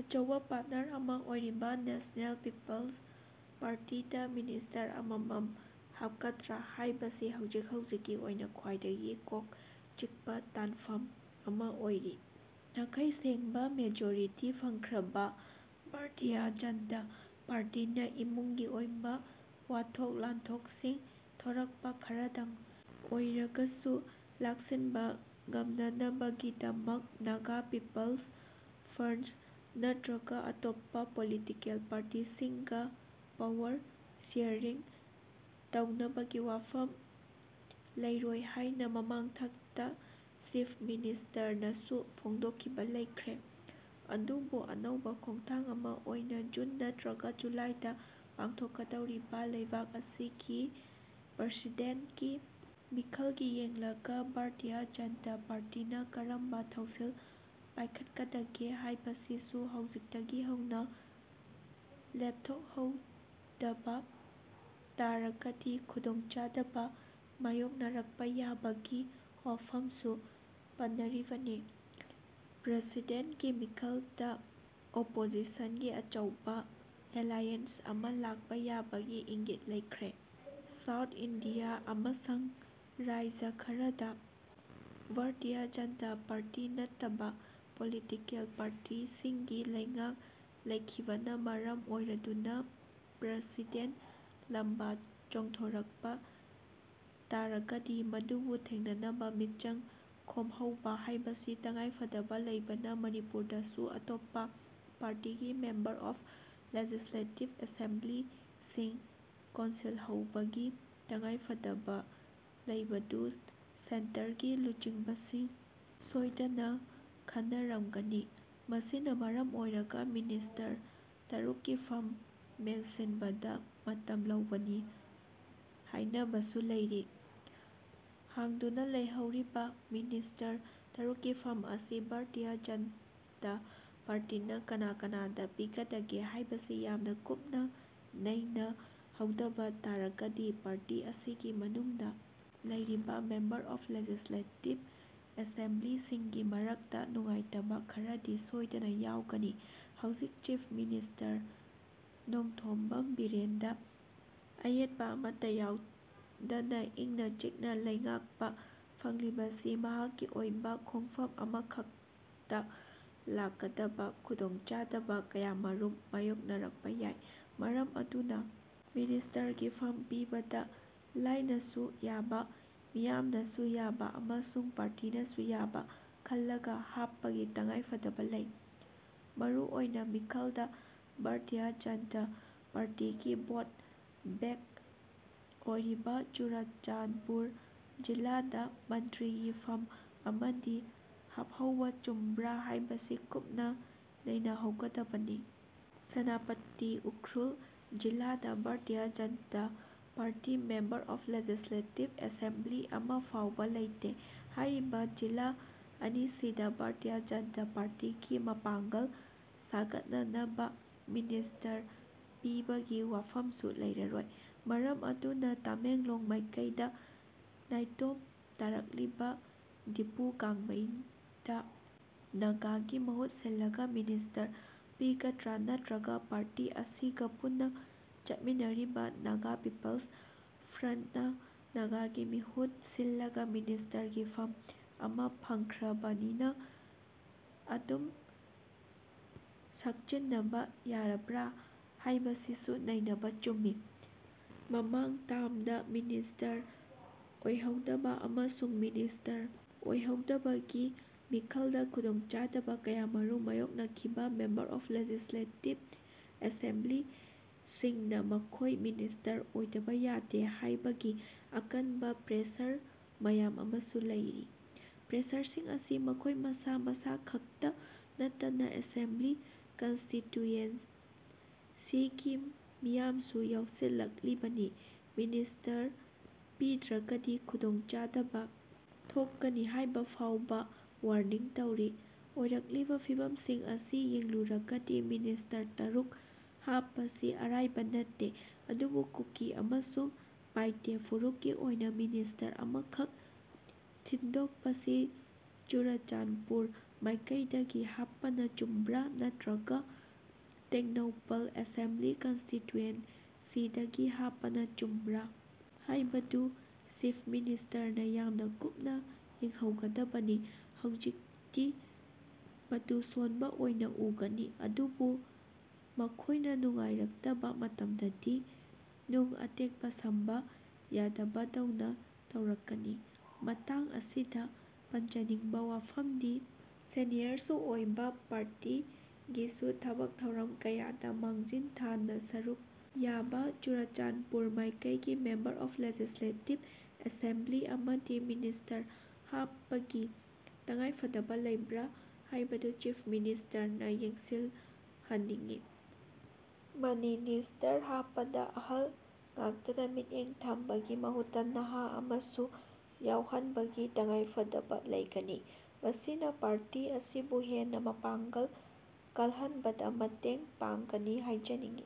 ꯑꯆꯧꯕ ꯄꯥꯔꯠꯅꯔ ꯑꯃ ꯑꯣꯏꯔꯤꯕ ꯅꯦꯁꯅꯦꯜ ꯄꯤꯄꯜ꯭ꯁ ꯄꯥꯔꯇꯤꯗ ꯃꯤꯅꯤꯁꯇꯔ ꯑꯃꯃꯝ ꯍꯥꯞꯀꯗ꯭ꯔꯥ ꯍꯥꯏꯕꯁꯤ ꯍꯧꯖꯤꯛ ꯍꯧꯖꯤꯛꯀꯤ ꯑꯣꯏꯅ ꯈ꯭ꯋꯥꯏꯗꯒꯤ ꯀꯣꯛ ꯆꯤꯛꯄ ꯇꯥꯟꯐꯝ ꯑꯃ ꯑꯣꯏꯔꯤ꯫ ꯅꯥꯈꯩ ꯁꯦꯡꯕ ꯃꯦꯖꯣꯔꯤꯇꯤ ꯐꯪꯈ꯭ꯔꯕ ꯕꯥꯔꯇꯤꯌꯥ ꯖꯟꯇꯥ ꯄꯥꯔꯇꯤꯅ ꯏꯃꯨꯡꯒꯤ ꯑꯣꯏꯕ ꯋꯥꯊꯣꯛ ꯂꯥꯟꯊꯣꯛꯁꯤꯡ ꯊꯣꯔꯛꯄ ꯈꯔꯗꯪ ꯑꯣꯏꯔꯒꯁꯨ ꯂꯥꯛꯁꯤꯟꯕ ꯉꯝꯅꯅꯕꯒꯤꯗꯃꯛ ꯅꯥꯒꯥ ꯄꯤꯄꯜꯁ ꯐ꯭ꯔꯟꯠ ꯅꯠꯇꯅ ꯑꯇꯣꯞꯄ ꯄꯣꯂꯤꯇꯤꯀꯦꯜ ꯄꯥꯔꯇꯤꯁꯤꯡꯒ ꯄꯋꯥꯔ ꯁꯤꯌꯔꯤꯡ ꯇꯧꯅꯕꯒꯤ ꯋꯥꯐꯝ ꯂꯩꯔꯣꯏ ꯍꯥꯏꯅ ꯃꯃꯥꯡꯊꯛꯇ ꯆꯤꯐ ꯃꯤꯅꯤꯁꯇꯔꯅꯁꯨ ꯐꯣꯡꯗꯣꯛꯈꯤꯕ ꯂꯩꯈ꯭ꯔꯦ꯫ ꯑꯗꯨꯕꯨ ꯑꯅꯧꯕ ꯈꯣꯡꯊꯥꯡ ꯑꯃ ꯑꯣꯏꯅ ꯖꯨꯟ ꯅꯠꯇ꯭ꯔꯒ ꯖꯨꯂꯥꯏꯗ ꯄꯥꯡꯊꯣꯛꯀꯗꯧꯔꯤꯕ ꯂꯩꯕꯥꯛ ꯑꯁꯤꯒꯤ ꯄ꯭ꯔꯁꯤꯗꯦꯟꯠꯀꯤ ꯃꯤꯈꯜꯒꯤ ꯌꯦꯡꯂꯒ ꯕꯥꯔꯇꯤꯌꯥ ꯖꯟꯇꯥ ꯄꯥꯔꯇꯤꯅ ꯀꯔꯝꯕ ꯊꯧꯁꯤꯜ ꯄꯥꯏꯈꯠꯀꯗꯒꯦ ꯍꯥꯏꯕꯁꯤꯁꯨ ꯍꯧꯖꯤꯛꯇꯒꯤ ꯍꯧꯅ ꯂꯦꯞꯊꯣꯛꯍꯧꯗꯕ ꯇꯥꯔꯒꯗꯤ ꯈꯨꯗꯣꯡꯆꯥꯗꯕ ꯃꯥꯌꯣꯛꯅꯔꯛꯄ ꯌꯥꯕꯒꯤ ꯋꯥꯐꯝꯁꯨ ꯄꯟꯅꯔꯤꯕꯅꯤ꯫ ꯄ꯭ꯔꯁꯤꯗꯦꯟꯀꯤ ꯃꯤꯈꯜꯗ ꯑꯣꯄꯣꯖꯤꯁꯟꯒꯤ ꯑꯆꯧꯕ ꯑꯦꯂꯥꯏꯌꯦꯟꯁ ꯑꯃ ꯂꯥꯛꯄ ꯌꯥꯕꯒꯤ ꯏꯪꯒꯤꯠ ꯂꯩꯈ꯭ꯔꯦ꯫ ꯁꯥꯎꯠ ꯏꯟꯗꯤꯌꯥ ꯑꯃꯁꯨꯡ ꯔꯥꯢꯖ ꯈꯔꯗ ꯕꯥꯔꯇꯤꯌꯥ ꯖꯟꯇꯥ ꯄꯥꯔꯇꯤ ꯅꯠꯇꯕ ꯄꯣꯂꯤꯇꯤꯀꯦꯜ ꯄꯥꯔꯇꯤꯁꯤꯡꯒꯤ ꯂꯩꯉꯥꯛ ꯂꯩꯈꯤꯕꯅ ꯃꯔꯝ ꯑꯣꯏꯔꯗꯨꯅ ꯄ꯭ꯔꯁꯤꯗꯦꯟ ꯂꯝꯕꯥ ꯆꯣꯡꯊꯣꯔꯛꯄ ꯇꯥꯔꯒꯗꯤ ꯃꯗꯨꯕꯨ ꯊꯦꯡꯅꯅꯕ ꯃꯤꯆꯪ ꯈꯣꯝꯍꯧꯕ ꯍꯥꯏꯕꯁꯤ ꯇꯉꯥꯏꯐꯗꯕ ꯂꯩꯕꯅ ꯃꯅꯤꯄꯨꯔꯗꯁꯨ ꯑꯇꯣꯞꯄ ꯄꯥꯔꯇꯤꯒꯤ ꯃꯦꯝꯕꯔ ꯑꯣꯐ ꯂꯦꯖꯤꯁꯂꯦꯇꯤꯚ ꯑꯦꯁꯦꯝꯕ꯭ꯂꯤꯁꯤꯡ ꯀꯣꯟꯁꯤꯜꯍꯧꯕꯒꯤ ꯇꯉꯥꯏꯐꯗꯕ ꯂꯩꯕꯗꯨ ꯁꯦꯟꯇꯔꯒꯤ ꯂꯨꯆꯤꯡꯕꯁꯤꯡ ꯁꯣꯏꯗꯅ ꯈꯟꯅꯔꯝꯒꯅꯤ꯫ ꯃꯁꯤꯅ ꯃꯔꯝ ꯑꯣꯏꯔꯒ ꯃꯤꯅꯤꯁꯇꯔ ꯇꯔꯨꯛꯀꯤ ꯐꯝ ꯃꯦꯟꯁꯤꯟꯕꯗ ꯃꯇꯝ ꯂꯧꯕꯅꯤ ꯍꯥꯏꯅꯕꯁꯨ ꯂꯩꯔꯤ꯫ ꯍꯥꯡꯗꯨꯅ ꯂꯩꯍꯧꯔꯤꯕ ꯃꯤꯅꯤꯁꯇꯔ ꯇꯔꯨꯛꯀꯤ ꯐꯝ ꯑꯁꯤ ꯕꯥꯔꯇꯤꯌꯥ ꯖꯟꯇꯥ ꯄꯥꯔꯇꯤꯅ ꯀꯅꯥ ꯀꯅꯥꯗ ꯄꯤꯒꯗꯒꯦ ꯍꯥꯏꯕꯁꯤ ꯌꯥꯝꯅ ꯀꯨꯞꯅ ꯅꯩꯅꯍꯧꯗꯕ ꯇꯥꯔꯒꯗꯤ ꯄꯥꯔꯇꯤ ꯑꯁꯤꯒꯤ ꯃꯅꯨꯡꯗ ꯂꯩꯔꯤꯕ ꯃꯦꯝꯕꯔ ꯑꯣꯐ ꯂꯦꯖꯤꯁꯂꯦꯇꯤꯚ ꯑꯦꯁꯦꯝꯕ꯭ꯂꯤꯁꯤꯡꯒꯤ ꯃꯔꯛꯇ ꯅꯨꯡꯉꯥꯏꯇꯕ ꯈꯔꯗꯤ ꯁꯣꯏꯗꯅ ꯌꯥꯎꯒꯅꯤ꯫ ꯍꯧꯖꯤꯛ ꯆꯤꯐ ꯃꯤꯅꯤꯁꯇꯔ ꯅꯣꯡꯊꯣꯝꯕꯝ ꯕꯤꯔꯦꯟꯗ ꯑꯌꯦꯠꯄ ꯑꯃꯠꯇ ꯌꯥꯎꯗꯅ ꯏꯪꯅ ꯆꯤꯛꯅ ꯂꯩꯉꯥꯛꯄ ꯐꯪꯂꯤꯕꯁꯤ ꯃꯍꯥꯛꯀꯤ ꯑꯣꯏꯕ ꯈꯣꯡꯐꯝ ꯑꯃꯈꯛꯇ ꯂꯥꯛꯀꯗꯕ ꯈꯨꯗꯣꯡꯆꯥꯗꯕ ꯀꯌꯥꯃꯔꯨꯝ ꯃꯥꯌꯣꯛꯅꯔꯛꯄ ꯌꯥꯏ꯫ ꯃꯔꯝ ꯑꯗꯨꯅ ꯃꯤꯅꯤꯁꯇꯔꯒꯤ ꯐꯝ ꯄꯤꯕꯗ ꯂꯥꯏꯅꯁꯨ ꯌꯥꯕ, ꯃꯤꯌꯥꯝꯅꯁꯨ ꯌꯥꯕ ꯑꯃꯁꯨꯡ ꯄꯥꯔꯇꯤꯅꯁꯨ ꯌꯥꯕ ꯈꯜꯂꯒ ꯍꯥꯞꯄꯒꯤ ꯇꯉꯥꯏꯐꯗꯕ ꯂꯩ꯫ ꯃꯔꯨ ꯑꯣꯏꯅ ꯃꯤꯈꯜꯗ ꯕꯥꯔꯇꯤꯌꯥ ꯖꯟꯇꯥ ꯄꯥꯔꯇꯤꯒꯤ ꯚꯣꯠ ꯕꯦꯡ ꯑꯣꯏꯔꯤꯕ ꯆꯨꯔꯥꯆꯥꯟꯄꯨꯔ ꯖꯤꯂꯥꯗ ꯃꯟꯇ꯭ꯔꯤꯒꯤ ꯐꯝ ꯑꯃꯗꯤ ꯍꯥꯞꯍꯧꯕ ꯆꯨꯝꯕ꯭ꯔꯥ ꯍꯥꯏꯕꯁꯤ ꯀꯨꯞꯅ ꯅꯩꯅꯍꯧꯒꯗꯕꯅꯤ꯫ ꯁꯦꯅꯥꯄꯇꯤ, ꯎꯈ꯭ꯔꯨꯜ ꯖꯤꯂꯥꯗ Bharatiya Janata party member of legislative assembly ꯑꯃ ꯐꯥꯎꯕ ꯂꯩꯇꯦ꯫ ꯍꯥꯏꯔꯤꯕ ꯖꯤꯂꯥ ꯑꯅꯤꯁꯤꯗ ꯕꯥꯔꯇꯤꯌꯥ ꯖꯟꯇꯥ ꯄꯥꯔꯇꯤꯒꯤ ꯃꯄꯥꯡꯒꯜ ꯁꯥꯒꯠꯅꯅꯕ ꯃꯤꯅꯤꯁꯇꯔ ꯄꯤꯕꯒꯤ ꯋꯥꯐꯝꯁꯨ ꯂꯩꯔꯔꯣꯏ꯫ ꯃꯔꯝ ꯑꯗꯨꯅ ꯇꯃꯦꯡꯂꯣꯡ ꯃꯥꯏꯀꯩꯗ ꯅꯥꯏꯇꯣꯝ ꯀꯥꯔꯛꯂꯤꯕ ꯗꯤꯄꯨ ꯒꯥꯡꯃꯩꯗ ꯅꯥꯒꯥꯒꯤ ꯃꯍꯨꯠ ꯁꯤꯜꯂꯒ ꯃꯤꯅꯤꯁꯇꯔ ꯄꯤꯒꯗ꯭ꯔꯥ ꯅꯠꯇ꯭ꯔꯒ ꯄꯥꯔꯇꯤ ꯑꯁꯤꯒ ꯄꯨꯟꯅ ꯆꯠꯃꯤꯟꯅꯔꯤꯕ ꯅꯒꯥ ꯄꯤꯄꯜ꯭ꯁ ꯐ꯭ꯔꯟ꯭ꯇ ꯅ ꯅꯥꯒꯥꯒꯤ ꯃꯍꯨꯠ ꯁꯤꯜꯂꯒ ꯃꯤꯅꯤꯁꯇꯔꯒꯤ ꯐꯝ ꯑꯃ ꯐꯪꯈ꯭ꯔꯕꯅꯤꯅ ꯑꯗꯨꯝ ꯁꯛꯆꯤꯟꯅꯕ ꯌꯥꯔꯕ꯭ꯔꯥ ꯍꯥꯏꯕꯁꯤꯁꯨ ꯅꯩꯅꯕ ꯆꯨꯝꯃꯤ꯫ ꯃꯃꯥꯡ ꯇꯥꯔ꯭ꯃꯗ ꯃꯤꯅꯤꯁꯇꯔ ꯑꯣꯏꯍꯧꯗꯕ ꯑꯃꯁꯨꯡ ꯃꯤꯅꯤꯁꯇꯔ ꯑꯣꯏꯍꯧꯗꯕꯒꯤ ꯃꯤꯈꯜꯗ ꯈꯨꯗꯣꯡꯆꯥꯗꯕ ꯀꯌꯥꯃꯔꯨꯝ ꯃꯥꯌꯣꯛꯅꯈꯤꯕ ꯃꯦꯝꯕꯔ ꯑꯣꯐ ꯂꯦꯖꯤꯁꯂꯦꯇꯤꯚ ꯑꯦꯁꯦꯝꯕ꯭ꯂꯤꯁꯤꯡꯅ ꯃꯈꯣꯏ ꯃꯤꯅꯤꯁꯇꯔ ꯑꯣꯏꯗꯕ ꯌꯥꯗꯦ ꯍꯥꯏꯕꯒꯤ ꯑꯀꯟꯕ ꯄ꯭ꯔꯦꯁꯔ ꯃꯌꯥꯝ ꯑꯃꯁꯨ ꯂꯩꯔꯤ꯫ ꯄ꯭ꯔꯦꯁꯔꯁꯤꯡ ꯑꯁꯤ ꯃꯈꯣꯏ ꯃꯁꯥ ꯃꯁꯥꯈꯛꯇ ꯅꯠꯇꯅ ꯑꯦꯁꯦꯝꯕ꯭ꯂꯤ ꯀꯟꯁꯇꯤꯇꯨꯌꯦꯟꯁꯤꯒꯤ ꯃꯤꯌꯥꯝꯁꯨ ꯌꯥꯎꯁꯤꯜꯂꯛꯂꯤꯕꯅꯤ꯫ ꯃꯤꯅꯤꯁꯇꯔ ꯄꯤꯗ꯭ꯔꯒꯗꯤ ꯈꯨꯗꯣꯡ ꯆꯥꯗꯕ ꯊꯣꯛꯀꯅꯤ ꯍꯥꯏꯕ ꯐꯥꯎꯕ ꯋꯥꯔꯅꯤꯡ ꯇꯧꯔꯤ꯫ ꯑꯣꯏꯔꯛꯂꯤꯕ ꯐꯤꯚꯝꯁꯤꯡ ꯑꯁꯤ ꯌꯦꯡꯂꯨꯔꯒꯗꯤ ꯃꯤꯅꯤꯁꯇꯔ ꯇꯔꯨꯛ ꯍꯥꯞꯄꯁꯤ ꯑꯔꯥꯏꯕ ꯅꯠꯇꯦ꯫ ꯑꯗꯨꯕꯨ ꯀꯨꯀꯤ ꯑꯃꯁꯨꯡ ꯄꯥꯏꯇꯦ ꯐꯨꯔꯨꯞꯀꯤ ꯑꯣꯏꯅ ꯃꯤꯅꯤꯁꯇꯔ ꯑꯃꯈꯛ ꯊꯤꯟꯗꯣꯛꯄꯁꯤ ꯆꯨꯔꯥꯆꯥꯟꯄꯨꯔ ꯃꯥꯏꯀꯩꯗꯒꯤ ꯍꯥꯞꯄꯅ ꯆꯨꯝꯕ꯭ꯔꯥ ꯅꯠꯇ꯭ꯔꯒ ꯇꯦꯡꯅꯧꯄꯜ ꯑꯦꯁꯦꯝꯕ꯭ꯂꯤ ꯀꯟꯁꯇꯤꯇꯨꯌꯦꯟꯁꯤꯗꯒꯤ ꯍꯥꯞꯄꯅ ꯆꯨꯝꯕ꯭ꯔꯥ ꯍꯥꯏꯕꯗꯨ ꯆꯤꯐ ꯃꯤꯅꯤꯁꯇꯔꯅ ꯌꯥꯝꯅ ꯀꯨꯞꯅ ꯌꯦꯡꯍꯧꯒꯗꯕꯅꯤ꯫ ꯍꯧꯖꯤꯛꯇꯤ ꯃꯇꯨ ꯁꯣꯟꯕ ꯑꯣꯏꯅ ꯎꯒꯅꯤ꯫ ꯑꯗꯨꯕꯨ ꯃꯈꯣꯏꯅ ꯅꯨꯡꯉꯥꯏꯔꯛꯇꯕ ꯃꯇꯝꯗꯗꯤ ꯅꯨꯡ ꯑꯇꯦꯛꯄ ꯁꯝꯕ ꯌꯥꯗꯕꯗꯧꯅ ꯇꯧꯔꯛꯀꯅꯤ꯫ ꯃꯇꯥꯡ ꯑꯁꯤꯗ ꯄꯟꯖꯅꯤꯡꯕ ꯋꯥꯐꯝꯗꯤ, ꯁꯦꯅꯤꯌꯔꯁꯨ ꯑꯣꯏꯕ, ꯄꯥꯔꯇꯤꯒꯤꯁꯨ ꯊꯕꯛ ꯊꯧꯔꯝ ꯀꯌꯥꯗ ꯃꯥꯡꯖꯤꯟ ꯊꯥꯅ ꯁꯔꯨꯛ ꯌꯥꯕ ꯆꯨꯔꯥꯆꯥꯟꯄꯨꯔ ꯃꯥꯏꯀꯩꯒꯤ ꯃꯦꯝꯕꯔ ꯑꯣꯐ ꯂꯦꯖꯤꯁꯂꯦꯇꯤꯚ ꯑꯦꯁꯦꯝꯕ꯭ꯂꯤ ꯑꯃꯗꯤ ꯃꯤꯅꯤꯁꯇꯔ ꯍꯥꯞꯄꯒꯤ ꯇꯉꯥꯏꯐꯗꯕ ꯂꯩꯕ꯭ꯔꯥ ꯍꯥꯏꯕꯗꯨ ꯆꯤꯐ ꯃꯤꯅꯤꯁꯇꯔꯅ ꯌꯦꯡꯁꯤꯜꯍꯟꯅꯤꯡꯏ꯫ ꯃꯅꯤꯅꯤꯁꯇꯔ ꯍꯥꯞꯄꯗ ꯑꯍꯜ ꯉꯥꯛꯇꯗ ꯃꯤꯠꯌꯦꯡ ꯊꯝꯕꯒꯤ ꯃꯍꯨꯠꯇ ꯅꯍꯥ ꯑꯃꯁꯨ ꯌꯥꯎꯍꯟꯕꯒꯤ ꯇꯉꯥꯢꯐꯗꯕ ꯂꯩꯒꯅꯤ꯫ ꯃꯁꯤꯅ ꯄꯥꯔꯇꯤ ꯑꯁꯤꯕꯨ ꯍꯦꯟꯅ ꯃꯄꯥꯡꯒꯜ ꯀꯜꯍꯟꯕꯗ ꯃꯇꯦꯡ ꯄꯥꯡꯒꯅꯤ ꯍꯥꯏꯖꯅꯤꯡꯏ꯫